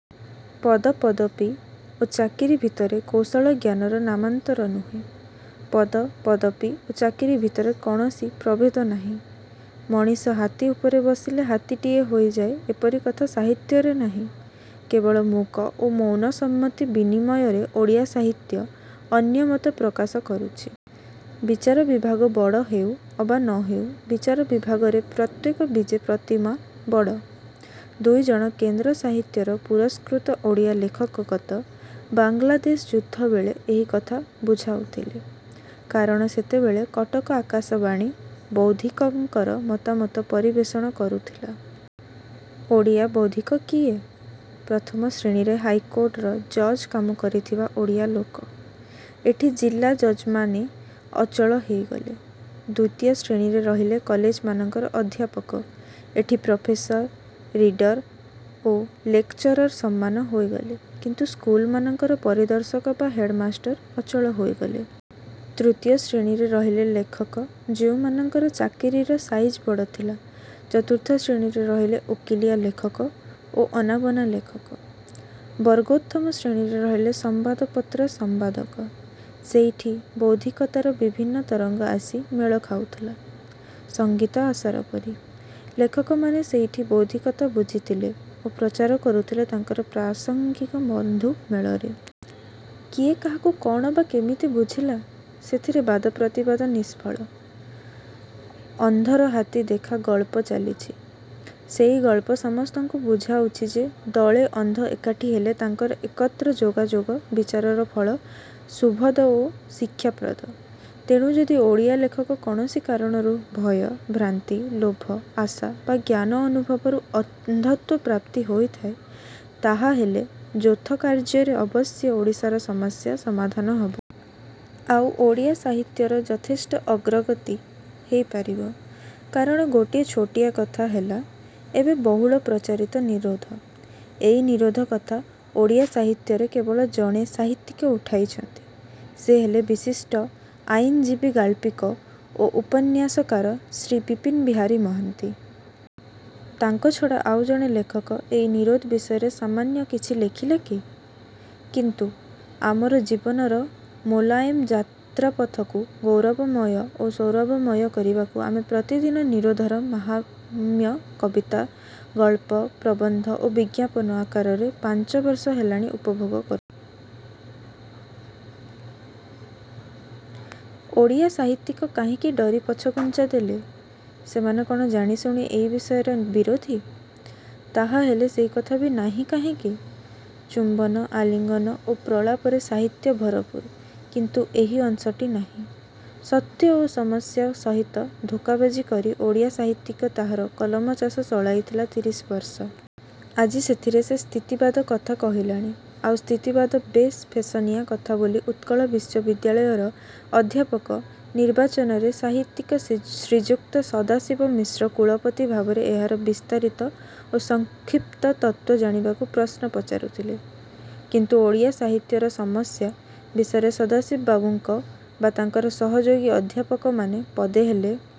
ପଦ ପଦବୀ ଓ ଚାକିରି ଭିତରେ କୌଶଳ ଜ୍ଞାନର ନାମାନ୍ତର ନୁହେଁ। ପଦ ପଦବୀ ଓ ଚାକିରି ଭିତରେ କୌଣସି ପ୍ରଭେଦ ନାହିଁ। ମଣିଷ ହାତୀ ଉପରେ ବସିଲେ ହାତୀଟିଏ ହେଇଯାଏ ଏପରି କଥା ସାହିତ୍ୟରେ ନାହିଁ। କେବଳ ମୂକ ଓ ମୌନ ସମ୍ମତି ବିନିମୟରେ ଓଡ଼ିଆ ସାହିତ୍ୟ ଅନ୍ୟ ମତ ପ୍ରକାଶ କରୁଛି। ବିଚାର ବିଭାଗ ବଡ଼ ହେଉ ଅବା ନ ହେଉ ବିଚାର ବିଭାଗରେ ପ୍ରତ୍ୟେକ ବିଜେ ପ୍ରତିମା ବଡ଼। ଦୁଇଜଣ କେନ୍ଦ୍ର ସାହିତ୍ୟର ପୁରସ୍କୃତ ଓଡ଼ିଆ ଲେଖକ ଗତ ବାଙ୍ଗଲାଦେଶ ଯୁଦ୍ଧବେଳେ ଏହି କଥା ବୁଝାଉଥିଲେ। କାରଣ ସେତେବେଳେ କଟକ ଆକାଶବାଣୀ ବୌଦ୍ଧିକଙ୍କର ମତାମତ ପରିବେଷଣ କରୁଥିଲା। ଓଡ଼ିଆ ବୌଦ୍ଧିକ କିଏ? ପ୍ରଥମ ଶ୍ରେଣୀରେ ହାଇକୋଟର ଜଜ୍ କାମ କରିଥିବା ଓଡ଼ିଆ ଲୋକ। ଏଠି ଜିଲା ଜଜ୍ମାନେ ଅଚଳ ହେଇଗଲେ। ଦ୍ୱିତୀୟ ଶ୍ରେଣୀରେ ରହିଲେ କଲେଜମାନଙ୍କର ଅଧ୍ୟାପକ। ଏଠି ପ୍ରଫେସର, ରିଡ଼ର ଓ ଲେକଚରର ସମାନ ହେଇଗଲେ। କିନ୍ତୁ ସ୍କୁଲମାନଙ୍କର ପରିଦର୍ଶକ ବା ହେଡ଼ମାଷ୍ଟର ଅଚଳ ହେଇଗଲେ। ତୃତୀୟ ଶ୍ରେଣୀରେ ରହିଲେ ଲେଖକ–ଯେଉଁମାନଙ୍କର ଚାକିରିର ସାଇଜ ବଡ଼ ଥିଲା। ଚତୁର୍ଥ ଶ୍ରେଣୀରେ ରହିଲେ ଓକିଲିଆ ଲେଖକ ଓ ଅନାବନା ଲେଖକ। ବର୍ଗୋତ୍ତମ ଶ୍ରେଣୀରେ ରହିଲେ ସଂବାଦପତ୍ର ସଂପାଦକ। ସେଇଠି ବୌଦ୍ଧିକତାର ବିଭିନ୍ନ ତରଙ୍ଗ ଆସି ମେଳ ଖାଉଥିଲା–ସଙ୍ଗୀତ ଆସର ପରି। ଲେଖକମାନେ ସେଇଠି ବୌଦ୍ଧିକତା ବୁଝିଥିଲେ ଓ ପ୍ରଚାର କରୁଥିଲେ ତାଙ୍କର ପ୍ରାସଙ୍ଗିକ ବନ୍ଧୁମେଳରେ। କିଏ କାହାକୁ କ'ଣ ବା କେମିତି ବୁଝିଲା–ସେଥିରେ ବାଦ ପ୍ରତିବାଦ ନିଷ୍ଫଳ। ଅନ୍ଧର ହାତୀ ଦେଖା ଗଳ୍ପ ଚାଲିଛି। ସେଇ ଗଳ୍ପ ସମସ୍ତଙ୍କୁ ବୁଝାଉଛି ଯେ ଦଳେ ଅନ୍ଧ ଏକାଠି ହେଲେ ତାଙ୍କର ଏକତ୍ର ଯୋଗାଯୋଗ ବିଚାରର ଫଳ ଶୁଭଦ ଓ ଶିକ୍ଷାପ୍ରଦ। ତେଣୁ ଯଦି ଓଡ଼ିଆ ଲେଖକ କୌଣସି କାରଣରୁ–ଭୟ, ଭ୍ରାନ୍ତି, ଲୋଭ, ଆଶା ବା ଜ୍ଞାନ ଅନୁଭବରୁ ଅନ୍ଧତ୍ୱ ପ୍ରାପ୍ତି ହୋଇଥାଏ ତାହାହେଲେ ଯୌଥ କାର୍ଯ୍ୟରେ ଅବଶ୍ୟ ଓଡ଼ିଶାର ସମସ୍ୟା ସମାଧାନ ହେବ। ଆଉ ଓଡ଼ିଆ ସାହିତ୍ୟର ଯଥେଷ୍ଟ ଅଗ୍ରଗତି ହେଇପାରିବ। କାରଣ ଗୋଟିଏ ଛୋଟିଆ କଥା ହେଲା–ଏବେ ବହୁଳ ପ୍ରଚାରିତ ନିରୋଧ। ଏହି ନିରୋଧ କଥା ଓଡ଼ିଆ ସାହିତ୍ୟରେ କେବଳ ଜଣେ ସାହିତ୍ୟିକ ଉଠାଇଛନ୍ତି–ସେ ହେଲେ ବିଶିଷ୍ଟ ଆଇନଜୀବୀ ଗାଳ୍ପିକ ଓ ଉପନ୍ୟାସକାର ଶ୍ରୀ ବିପିନ ବିହାରୀ ମହାନ୍ତି। ତାଙ୍କ ଛଡ଼ା ଆଉ ଜଣେ ଲେଖକ ଏହି ନିରୋଧ ବିଷୟରେ ସାମାନ୍ୟ କିଛି ଲେଖିଲା କି? କିନ୍ତୁ ଆମର ଜୀବନର ମୋଲାଏମ୍ ଯାତ୍ରାପଥକୁ ଗୌରବମୟ ଓ ସୌରଭମୟ କରିବାକୁ ଆମେ ପ୍ରତିଦିନ ନିରୋଧର ମାହାତ୍ମ୍ୟ କବିତା, ଗଳ୍ପ, ପ୍ରବନ୍ଧ ଓ ବିଜ୍ଞାପନ ଆକାରରେ ପାଞ୍ଚବର୍ଷ ହେଲାଣି ଉପଭୋଗ କରୁଛୁ। ଓଡ଼ିଆ ସାହିତ୍ୟିକ କାହିଁକି ଡରି ପଛଘୁଞ୍ଚା ଦେଲେ? ସେମାନେ କ'ଣ ଜାଣିଶୁଣି ଏହି ବିଷୟର ବିରୋଧୀ। ତାହାହେଲେ ସେଇକଥା ବି ନାହିଁ କାହିଁକି? ଚୁମ୍ବନ, ଆଲିଙ୍ଗନ ଓ ପ୍ରଳାପରେ ସାହିତ୍ୟ ଭରପୁର। କିନ୍ତୁ ଏହି ଅଂଶଟି ନାହିଁ। ସତ୍ୟ ଓ ସମସ୍ୟା ସହିତ ଧୋକାବାଜି କରି ଓଡ଼ିଆ ସାହିତ୍ୟିକ ତାହାର କଲମ ଚାଷ ଚଳାଇଥିଲା ତିରିଶିବର୍ଷ। ଆଜି ସେଥିରେ ସେ ସ୍ଥିତିବାଦ କଥା କହିଲାଣି। ଆଉ ସ୍ଥିତିବାଦ ବେଶ୍ ଫେସନିଆ କଥାବୋଲି ଉତ୍କଳ ବିଶ୍ୱବିଦ୍ୟାଳୟର ଅଧ୍ୟାପକ ନିର୍ବାଚନରେ ସାହିତ୍ୟିକ ଶ୍ରୀଯୁକ୍ତ ସଦାଶିବ ମିଶ୍ର କୁଳପତି ଭାବରେ ଏହାର ବିସ୍ତାରିତ ଓ ସଂକ୍ଷିପ୍ତ ତତ୍ତ୍ୱ ଜାଣିବାକୁ ପ୍ରଶ୍ନ ପଚାରୁଥିଲେ-। କିନ୍ତୁ ଓଡ଼ିଆ ସାହିତ୍ୟର ସମସ୍ୟା ବିଷୟରେ ସଦାଶିବବାବୁ ବା ତାଙ୍କାର ସହଯୋଗୀ ଅଧ୍ୟାପକମାନେ ପଦେ ହେଲେ